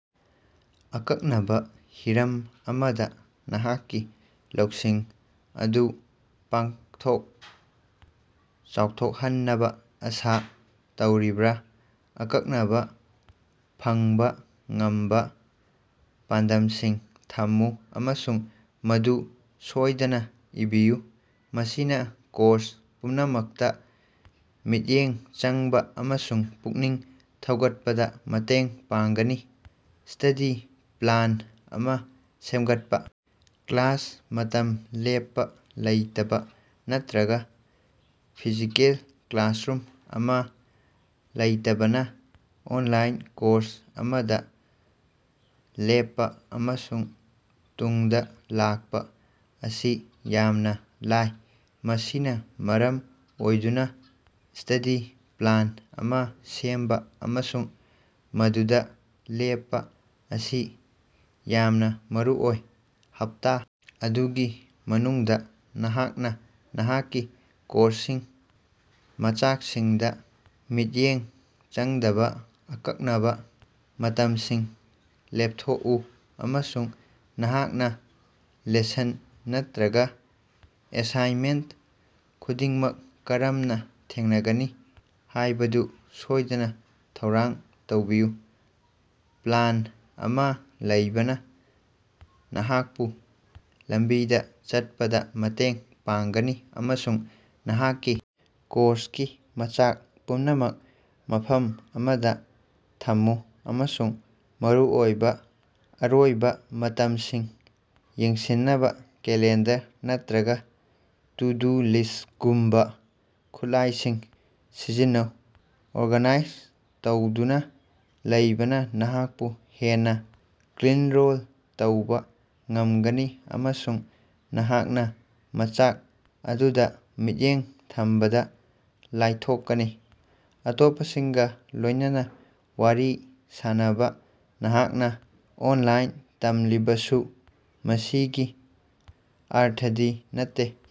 ꯑꯀꯛꯅꯕꯥ ꯍꯤꯔꯝ ꯑꯃꯗꯥ ꯅꯍꯥꯛꯀꯤ ꯂꯧꯁꯤꯡ ꯑꯗꯨ ꯄꯥꯛꯊꯣꯛ ꯆꯥꯎꯊꯣꯍꯟꯅꯕꯥ ꯑꯥꯁꯥ ꯇꯧꯔꯤꯕ꯭ꯔꯥ? ꯑꯀꯛꯅꯕꯥ, ꯐꯪꯕꯥ ꯉꯝꯕꯥ ꯄꯥꯟꯗꯝꯁꯤꯡ ꯊꯝꯃꯨ ꯑꯃꯁꯨꯡ ꯃꯗꯨ ꯁꯣꯏꯗꯅꯥ ꯏꯕꯤꯌꯨ꯫ ꯃꯁꯤꯅꯥ ꯀꯣꯔꯁ ꯄꯨꯝꯅꯃꯛꯇꯥ ꯃꯤꯠꯌꯦꯡ ꯆꯪꯕꯥ ꯑꯃꯁꯨꯡ ꯄꯨꯛꯅꯤꯡ ꯊꯧꯒꯠꯄꯗꯥ ꯃꯇꯦꯡ ꯄꯥꯡꯒꯅꯤ꯫ ꯁ꯭ꯇꯗꯤ ꯄ꯭ꯂꯥꯟ ꯑꯃꯥ ꯁꯦꯝꯒꯠꯄꯥ: ꯀ꯭ꯂꯥꯁ ꯃꯇꯝ ꯂꯦꯞꯄꯥ ꯂꯩꯇꯕꯥ ꯅꯠꯇꯔꯒꯥ ꯐꯤꯖꯤꯀꯦꯜ ꯀ꯭ꯂꯥꯁꯔꯨꯝ ꯑꯃꯥ ꯂꯩꯇꯕꯅꯥ ꯑꯣꯟꯂꯥꯏꯟ ꯀꯣꯔꯁ ꯑꯃꯗꯥ ꯂꯦꯞꯄꯥ ꯑꯃꯁꯨꯡ ꯇꯨꯡꯗꯥ ꯂꯥꯛꯄꯥ ꯑꯁꯤ ꯌꯥꯝꯅꯥ ꯂꯥꯏ꯫ ꯃꯁꯤꯅꯥ ꯃꯔꯝ ꯑꯣꯏꯗꯨꯅꯥ ꯁ꯭ꯇꯗꯤ ꯄ꯭ꯂꯥꯟ ꯑꯃꯥ ꯁꯦꯝꯕꯥ ꯑꯃꯁꯨꯡ ꯃꯗꯨꯗꯥ ꯂꯦꯞꯄꯥ ꯑꯁꯤ ꯌꯥꯝꯅꯥ ꯃꯔꯨꯑꯣꯏ꯫ ꯍꯞꯇꯥ ꯑꯗꯨꯒꯤ ꯃꯅꯨꯡꯗꯥ ꯅꯍꯥꯛꯅꯥ ꯅꯍꯥꯛꯀꯤ ꯀꯣꯔꯁꯀꯤ ꯃꯆꯥꯛꯁꯤꯡꯗꯥ ꯃꯤꯠꯌꯦꯡ ꯆꯪꯒꯗꯕꯥ ꯑꯀꯛꯅꯕꯥ ꯃꯇꯝꯁꯤꯡ ꯂꯦꯞꯊꯣꯛꯎ, ꯑꯃꯁꯨꯡ ꯅꯍꯥꯛꯅꯥ ꯂꯦꯁꯟ ꯅꯠꯇꯔꯒꯥ ꯑꯦꯁꯥꯏꯟꯃꯦꯟꯇ ꯈꯨꯗꯤꯡꯃꯛ ꯀꯔꯝꯅꯥ ꯊꯦꯡꯉꯅꯤ ꯍꯥꯌꯕꯗꯨ ꯁꯣꯏꯗꯅꯥ ꯊꯧꯔꯥꯡ ꯇꯧꯕꯤꯌꯨ꯫ ꯄ꯭ꯂꯥꯟ ꯑꯃꯥ ꯂꯩꯕꯅꯥ ꯅꯍꯥꯛꯄꯨ ꯂꯝꯕꯤꯗꯥ ꯆꯠꯄꯗꯥ ꯃꯇꯦꯡ ꯄꯥꯡꯒꯅꯤ ꯑꯃꯁꯨꯡ ꯅꯍꯥꯛꯀꯤ ꯀꯣꯔꯁꯀꯤ ꯃꯆꯥꯛ ꯄꯨꯝꯅꯃꯛ ꯃꯐꯝ ꯑꯃꯗꯥ ꯊꯝꯃꯨ, ꯑꯃꯁꯨꯡ ꯃꯔꯨꯑꯣꯏꯕꯥ ꯑꯔꯣꯏꯕꯥ ꯃꯇꯝꯁꯤꯡ ꯌꯦꯡꯁꯤꯟꯅꯕꯥ ꯀꯦꯂꯦꯟꯗꯔ ꯅꯠꯇꯔꯒꯥ ꯇꯨ-ꯗꯨ-ꯂꯤꯁ꯭ꯇꯒꯨꯝꯕꯥ ꯈꯨꯠꯂꯥꯏꯁꯤꯡ ꯁꯤꯖꯤꯟꯅꯧ꯫ ꯑꯣꯔꯒꯥꯅꯥꯏꯖ ꯇꯧꯗꯨꯅꯥ ꯂꯩꯕꯅꯥ ꯅꯍꯥꯛꯄꯨ ꯍꯦꯟꯅꯥ ꯀꯟꯠꯔꯣꯜ ꯇꯧꯕꯥ ꯉꯝꯒꯅꯤ ꯑꯃꯁꯨꯡ ꯅꯍꯥꯛꯅꯥ ꯃꯆꯥꯛ ꯑꯗꯨꯗꯥ ꯃꯤꯠꯌꯦꯡ ꯊꯝꯕꯗꯥ ꯂꯥꯏꯊꯣꯀꯅꯤ꯫ ꯑꯇꯣꯞꯄꯁꯤꯡꯒꯥ ꯂꯣꯏꯅꯅꯥ ꯋꯥꯔꯤ ꯁꯥꯅꯕꯥ: ꯅꯍꯥꯛꯅꯥ ꯑꯣꯟꯂꯥꯏꯟꯗꯥ ꯇꯝꯂꯤꯕꯁꯨ, ꯃꯁꯤꯒꯤ ꯑꯔꯊꯗꯤ ꯅꯠꯇꯦ꯫।